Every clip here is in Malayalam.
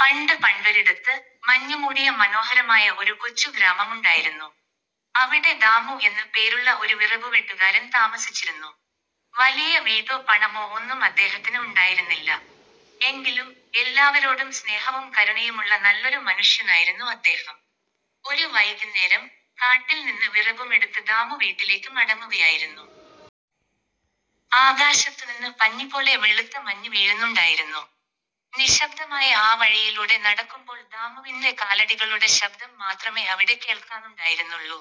പണ്ട് പണ്ടൊരിടത്ത്, മഞ്ഞുമൂടിയ മനോഹരമായ ഒരു കൊച്ചു ഗ്രാമമുണ്ടായിരുന്നു. അവിടെ ദാമു എന്ന് പേരുള്ള ഒരു വിറകുവെട്ടുകാരൻ താമസിച്ചിരുന്നു. വലിയ വീടോ പണമോ ഒന്നും അദ്ദേഹത്തിന് ഉണ്ടായിരുന്നില്ല. എങ്കിലും, എല്ലാവരോടും സ്നേഹവും കരുണയുമുള്ള നല്ലൊരു മനുഷ്യനായിരുന്നു അദ്ദേഹം. ഒരു വൈകുന്നേരം, കാട്ടിൽ നിന്ന് വിറകുമെടുത്ത് ദാമു വീട്ടിലേക്ക് മടങ്ങുകയായിരുന്നു. ആകാശത്തുനിന്ന് പഞ്ഞിപോലെ വെളുത്ത മഞ്ഞ് വീഴുന്നുണ്ടായിരുന്നു. നിശബ്ദമായ ആ വഴിയിലൂടെ നടക്കുമ്പോൾ ദാമുവിന്റെ കാലടികളുടെ ശബ്ദം മാത്രമേ അവിടെ കേൾക്കാനുണ്ടായിരുന്നുള്ളൂ.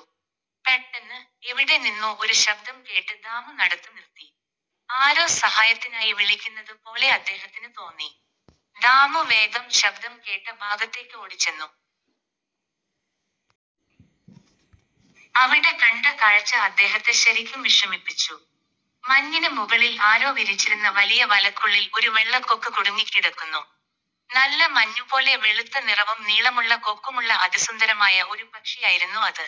പെട്ടെന്ന്, എവിടെ നിന്നോ ഒരു ശബ്ദം കേട്ട് ദാമു നടത്തം നിർത്തി. ആരോ സഹായത്തിനായി വിളിക്കുന്നത് പോലെ അദ്ദേഹത്തിന് തോന്നി. ദാമു വേഗം ശബ്ദം കേട്ട ഭാഗത്തേക്ക് ഓടിച്ചെന്നു. അവിടെ കണ്ട കാഴ്ച അദ്ദേഹത്തെ ശരിക്കും വിഷമിപ്പിച്ചു. മഞ്ഞിന് മുകളിൽ ആരോ വിരിച്ചിരുന്ന വലിയ വലയ്ക്കുള്ളിൽ ഒരു വെള്ളക്കൊക്ക് കുടുങ്ങിക്കിടക്കുന്നു! നല്ല മഞ്ഞുപോലെ വെളുത്ത നിറവും നീളമുള്ള കൊക്കുമുള്ള അതിസുന്ദരമായ ഒരു പക്ഷിയായിരുന്നു അത്.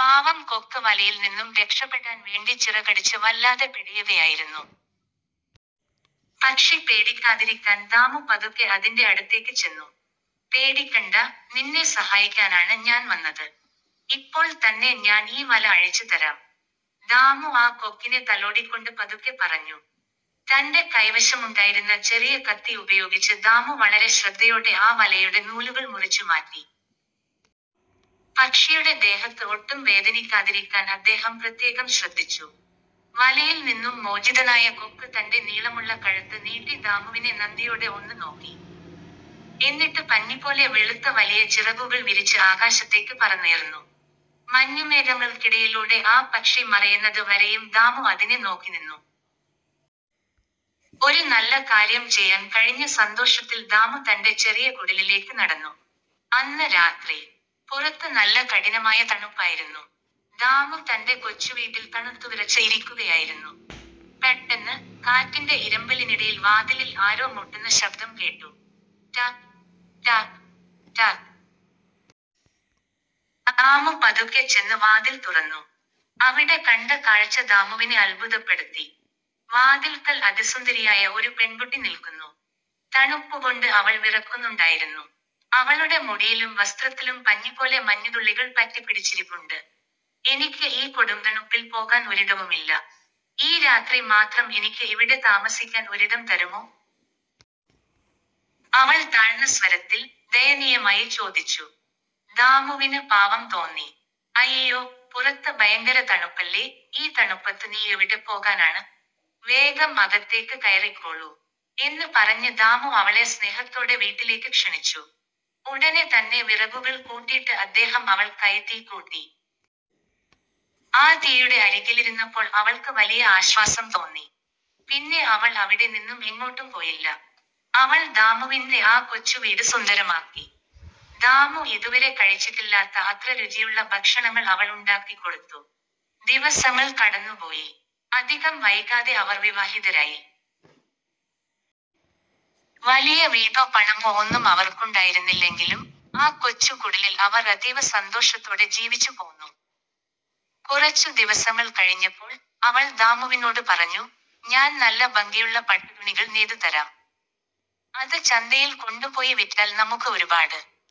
പാവം കൊക്ക് വലയിൽ നിന്നും രക്ഷപെടാൻ വേണ്ടി ചിറകടിച്ച് വല്ലാതെ പിടയുകയായിരുന്നു. പക്ഷി പേടിക്കാതിരിക്കാൻ ദാമു പതുക്കെ അതിന്റെ അടുത്തേക്ക് ചെന്നു. "പേടിക്കണ്ട, നിന്നെ സഹായിക്കാനാണ് ഞാൻ വന്നത്. ഇപ്പോൾ തന്നെ ഞാൻ ഈ വല അഴിച്ചു തരാം. " ദാമു ആ കൊക്കിനെ തലോടിക്കൊണ്ട് പതുക്കെ പറഞ്ഞു. തന്റെ കൈവശമുണ്ടായിരുന്ന ചെറിയ കത്തി ഉപയോഗിച്ച് ദാമു വളരെ ശ്രദ്ധയോടെ ആ വലയുടെ നൂലുകൾ മുറിച്ചുമാറ്റി. പക്ഷിയുടെ ദേഹത്ത് ഒട്ടും വേദനിക്കാതിരിക്കാൻ അദ്ദേഹം പ്രത്യേകം ശ്രദ്ധിച്ചു. വലയിൽ നിന്നും മോചിതനായ കൊക്ക് തന്റെ നീളമുള്ള കഴുത്ത് നീട്ടി ദാമുവിനെ നന്ദിയോടെ ഒന്ന് നോക്കി. എന്നിട്ട് പഞ്ഞിപോലെ വെളുത്ത വലിയ ചിറകുകൾ വിരിച്ച് ആകാശത്തേക്ക് പറന്നുയർന്നു. മഞ്ഞുമേഘങ്ങൾക്കിടയിലൂടെ ആ പക്ഷി മറയുന്നത് വരെയും ദാമു അതിനെ നോക്കിനിന്നു. ഒരു നല്ല കാര്യം ചെയ്യാൻ കഴിഞ്ഞ സന്തോഷത്തിൽ ദാമു തന്റെ ചെറിയ കുടിലിലേക്ക് നടന്നു. അന്ന് രാത്രി! പുറത്ത് നല്ല കഠിനമായ തണുപ്പായിരുന്നു. ദാമു തന്റെ കൊച്ചുവീട്ടിൽ തണുത്തുവിറച്ച് ഇരിക്കുകയായിരുന്നു. പെട്ടെന്ന്, കാറ്റിന്റെ ഇരമ്പലിനിടയിൽ വാതിലിൽ ആരോ മുട്ടുന്ന ശബ്ദം കേട്ടു. 'ടക്… ടക്… ടക്! ' ദാമു പതുക്കെ ചെന്ന് വാതിൽ തുറന്നു. അവിടെ കണ്ട കാഴ്ച ദാമുവിനെ അത്ഭുതപ്പെടുത്തി! വാതിൽക്കൽ അതിസുന്ദരിയായ ഒരു പെൺകുട്ടി നിൽക്കുന്നു. തണുപ്പുകൊണ്ട് അവൾ വിറയ്ക്കുന്നുണ്ടായിരുന്നു. അവളുടെ മുടിയിലും വസ്ത്രത്തിലും പഞ്ഞിപോലെ മഞ്ഞുതുള്ളികൾ പറ്റിപ്പിടിച്ചിരിപ്പുണ്ട്. "എനിക്ക് ഈ കൊടുംതണുപ്പിൽ പോകാൻ ഒരിടവുമില്ല. ഈ രാത്രി മാത്രം എനിക്ക് ഇവിടെ താമസിക്കാൻ ഒരിടം തരുമോ? " അവൾ താഴ്ന്ന സ്വരത്തിൽ, ദയനീയമായി ചോദിച്ചു. ദാമുവിന് പാവം തോന്നി. "അയ്യോ, പുറത്ത് ഭയങ്കര തണുപ്പല്ലേ, ഈ തണുപ്പത്ത് നീ എവിടെ പോകാനാണ്? വേഗം അകത്തേക്ക് കയറിക്കോളൂ. " എന്ന് പറഞ്ഞ് ദാമു അവളെ സ്നേഹത്തോടെ വീട്ടിലേക്ക് ക്ഷണിച്ചു. ഉടനെ തന്നെ വിറകുകൾ കൂട്ടിയിട്ട് അദ്ദേഹം അവൾക്കായി തീ കൂട്ടി. ആ തീയുടെ അരികിലിരുന്നപ്പോൾ അവൾക്ക് വലിയ ആശ്വാസം തോന്നി. പിന്നെ അവൾ അവിടെ നിന്നും എങ്ങോട്ടും പോയില്ല. അവൾ ദാമുവിന്റെ ആ കൊച്ചു വീട് സുന്ദരമാക്കി. ദാമു ഇതുവരെ കഴിച്ചിട്ടില്ലാത്ത അത്ര രുചിയുള്ള ഭക്ഷണങ്ങൾ അവൾ ഉണ്ടാക്കിക്കൊടുത്തു. ദിവസങ്ങൾ കടന്നുപോയി. അധികം വൈകാതെ അവർ വിവാഹിതരായി. വലിയ വീടോ പണമോ ഒന്നും അവർക്കുണ്ടായിരുന്നില്ലെങ്കിലും, ആ കൊച്ചു കുടിലിൽ അവർ അതീവ സന്തോഷത്തോടെ ജീവിച്ചു പോന്നു. കുറച്ചു ദിവസങ്ങൾ കഴിഞ്ഞപ്പോൾ, അവൾ ദാമുവിനോട് പറഞ്ഞു: "ഞാൻ നല്ല ഭംഗിയുള്ള പട്ടുതുണികൾ നെയ്തു തരാം. അത് ചന്തയിൽ കൊണ്ടുപോയി വിറ്റാൽ നമുക്ക് ഒരുപാട്